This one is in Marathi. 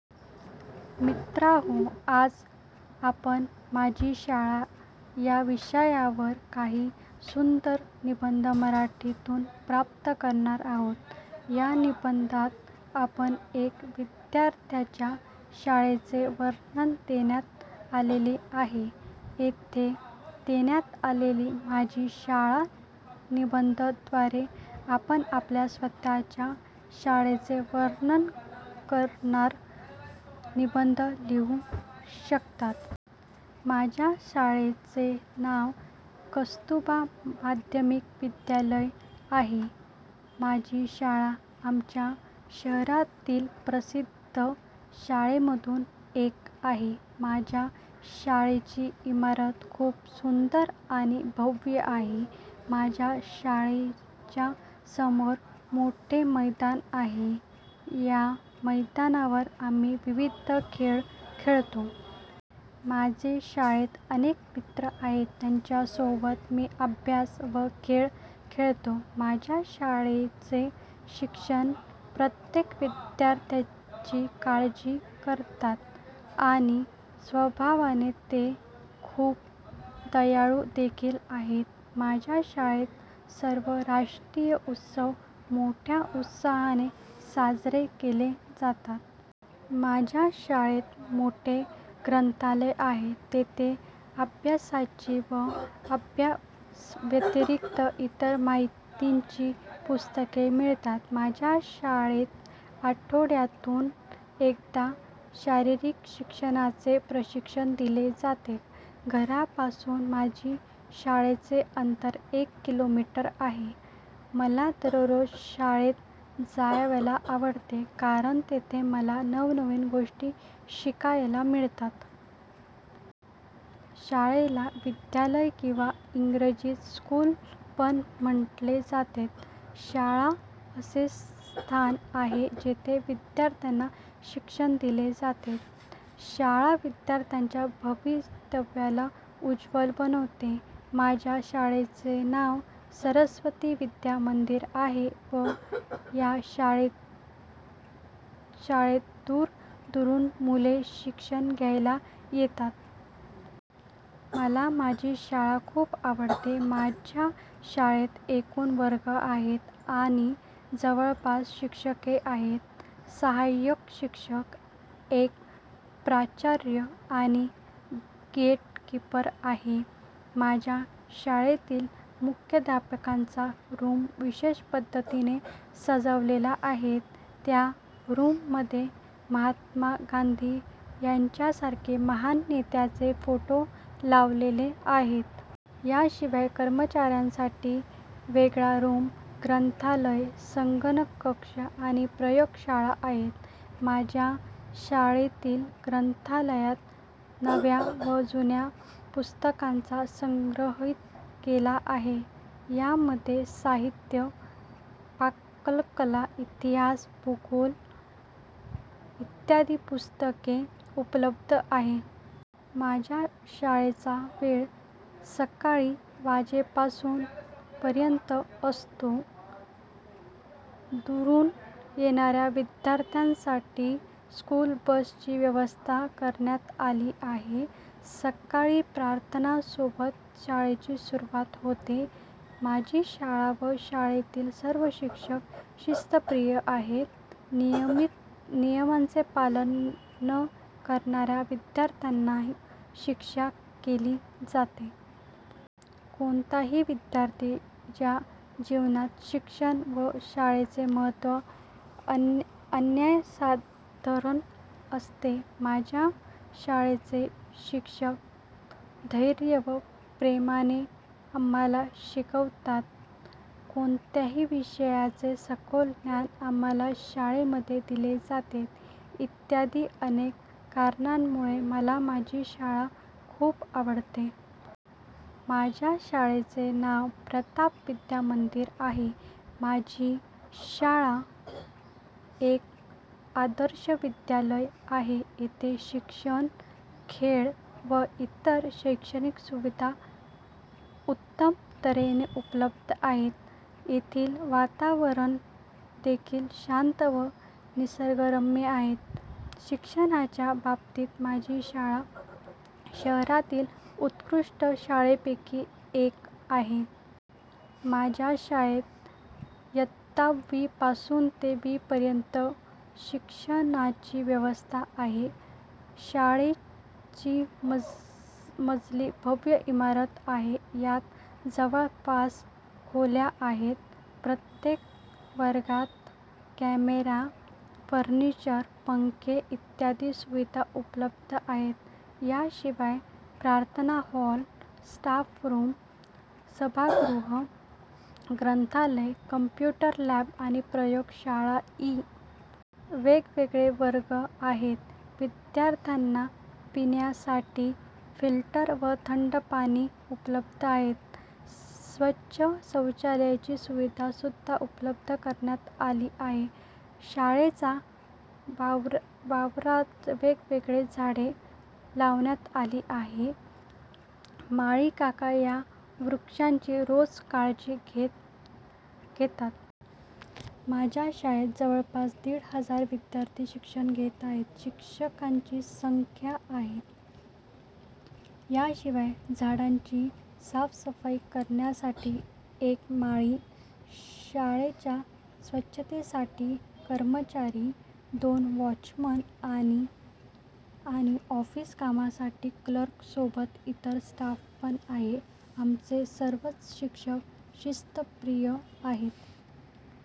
: मित्रहो आज आपण माझी शाळा या विषयावरील काही सुंदर निबंध मराठीतून प्राप्त करणार आहोत. या निबंधात आपणास एक विद्यार्थ्याच्या शाळेचे वर्णन देण्यात आलेले आहे. येथे देण्यात आलेल्या माझी शाळा निबंध द्वारे आपण आपल्या स्वतः च्या शाळेचे वर्णन करणार निबंध लिहू शकतात. माझ्या शाळेचे नाव कस्तुरबा माध्यमिक विद्यालय आहे. माझी शाळा आमच्या शहरातील प्रसिद्ध शाळांमधून एक आहे. माझ्या शाळेची इमारत खूप सुंदर आणि भव्य आहे. माझ्या शाळेच्या समोर मोठेच मैदान आहे, या मैदानावर आम्ही विविध खेळ खेळतो. माझे शाळेत अनेक मित्र आहेत, ज्यांच्या सोबत मी अभ्यास व खेळ खेळतो. माझ्या शाळेचे शिक्षक प्रत्येक विद्यार्थ्यांची काळजी करतात आणि स्वभावाने ते खूप दयाळू देखील आहेत. माझ्या शाळेत सर्व राष्ट्रीय उत्सव मोठ्या उत्साहाने साजरे केले जातात. माझ्या शाळेत मोठेच ग्रंथालय आहे, जेथे अभ्यासाची व अभ्यासाव्यतिरिक्त इतर माहितीची पुस्तके मिळतात. माझ्या शाळेत आठवड्यातून एकदा शारीरिक शिक्षणाचे प्रशिक्षण दिले जाते. घरापासून माझ्या शाळेचे अंतर एक किलोमीटर आहे. मला दररोज शाळेत जायला आवडते, कारण येथे मला नवनवीन गोष्टी शिकायला मिळतात. शाळेला विद्यालय व इंग्रजीत स्कूल पण म्हटले जाते. शाळा असे स्थान आहे जेथे विद्यार्थ्याना शिक्षण दिले जाते. शाळा विद्यार्थ्याच्या भविष्याला उज्वल बनवते. माझ्या शाळेचे नाव सरस्वती विद्या मंदिर आहे व या शाळेत दूर दुरून मुले शिक्षण घ्यायायला येतात. मला माझी शाळा खूप आवडते. माझ्या शाळेत एकूण वर्ग आहेत आणि जवळपास शिक्षके आहेत. सहायक शिक्षक, एक प्राचार्य आणि गेट कीपर आहेत. माझ्या शाळेतील मुख्यध्यापकाचा रूम विशेष पद्धतीने सजवलेला आहे. त्या रूममध्ये महात्मा गांधी सारख्या महान नेत्याचे फोटो लावलेले आहेत. या शिवाय कर्मचाऱ्यासाठी वेगळा रूम, ग्रंथालय, संगणक कक्ष आणि प्रयोग शाळा आहे. माझ्या शाळेतील ग्रंथालयात नव्या व जुन्या पुस्तकाना संग्रहित केले आहे. या मध्ये साहित्य, पाककला, इतिहास, विज्ञान, भूगोल इत्यादि पुस्तके उपलब्ध आहेत. माझ्या शाळेचा वेळ सकाळी वाजेपासून पर्यन्त असतो. दुरून येणाऱ्या विद्यार्थी साठी स्कूल बस ची व्यवस्था करण्यात आली आहे. सकाळी प्रार्थना सोबत शाळेची सुरुवात होते. माझी शाळा व शाळेतील सर्व शिक्षक शिस्तप्रिय आहेत, नियमांचे पालन न करणाऱ्या विद्यार्थीनां शिक्षा केली जाते. कोणत्याही विद्यार्थी च्या जीवनात शिक्षक व शाळेचे महत्व अनन्यसाधारण असते. माझ्या शाळेचे शिक्षक धैर्य आणि प्रेमाने आम्हाला शिकवतात. कोणत्याही विषयाचे सखोल ज्ञान आम्हाला शाळेमध्ये दिले जाते. इत्यादि अनेक कारणामुळे मला माझी शाळा खूप आवडते. माझ्या शाळेचे नाव प्रताप विद्यामंदिर आहे. माझी शाळा एक आदर्श विद्यालय आहे. येथे शिक्षण, खेळ व इतर शैक्षणिक सुविधा उत्तम तऱ्हेने उपलब्ध आहेत. येथील वातावरण देखील शांत व निसर्ग रम्य आहे. शिक्षणाच्या बाबतीत माझी शाळा शहरातील उत्कृष्ट शाळांपैकी एक आहे. माझ्या शाळेत इयत्ता वी पासून वी पर्यंत शिक्षणाची व्यवस्था आहे. शाळेची मजली भव्य इमारत आहे. यात जवळपास खोल्या आहेत. प्रत्येक वर्गात कॅमेरा, फर्निचर, पंखे इत्यादी सुविधा उपलब्ध आहेत. या शिवाय प्रार्थना हॉल, स्टाफ रूम, सभागृह, ग्रंथालय, कॉम्प्युटर लॅब, प्रयोग शाळा ई. वेगवेगळे वर्ग आहेत. विद्यार्थ्यांना पिण्यासाठी फिल्टर व थंड पाणी उपलब्ध आहे. स्वच्छ शौचालयाची सुविधा सुद्धा उपलब्ध करण्यात आली आहे. शाळेच्या आवारात वेगवेगळी झाडे लावण्यात आली आहेत. माळी काका या वृक्षांची खूप काळजी घेतात. माझ्या शाळेत जवळपास दीड हजार विद्यार्थी शिक्षण घेत आहेत. शिक्षकांची संख्या आहे, याशिवाय झाडांच्या साफ सफाई साठी एक माळी, शाळेच्या स्वछतेसाठी कर्मचारी, दोन वॉचमन आणि ऑफिस कामासाठी क्लर्क सोबत इतर स्टाफ पण आहे. आमचे सर्वच शिक्षक शिस्त प्रिय आहेत.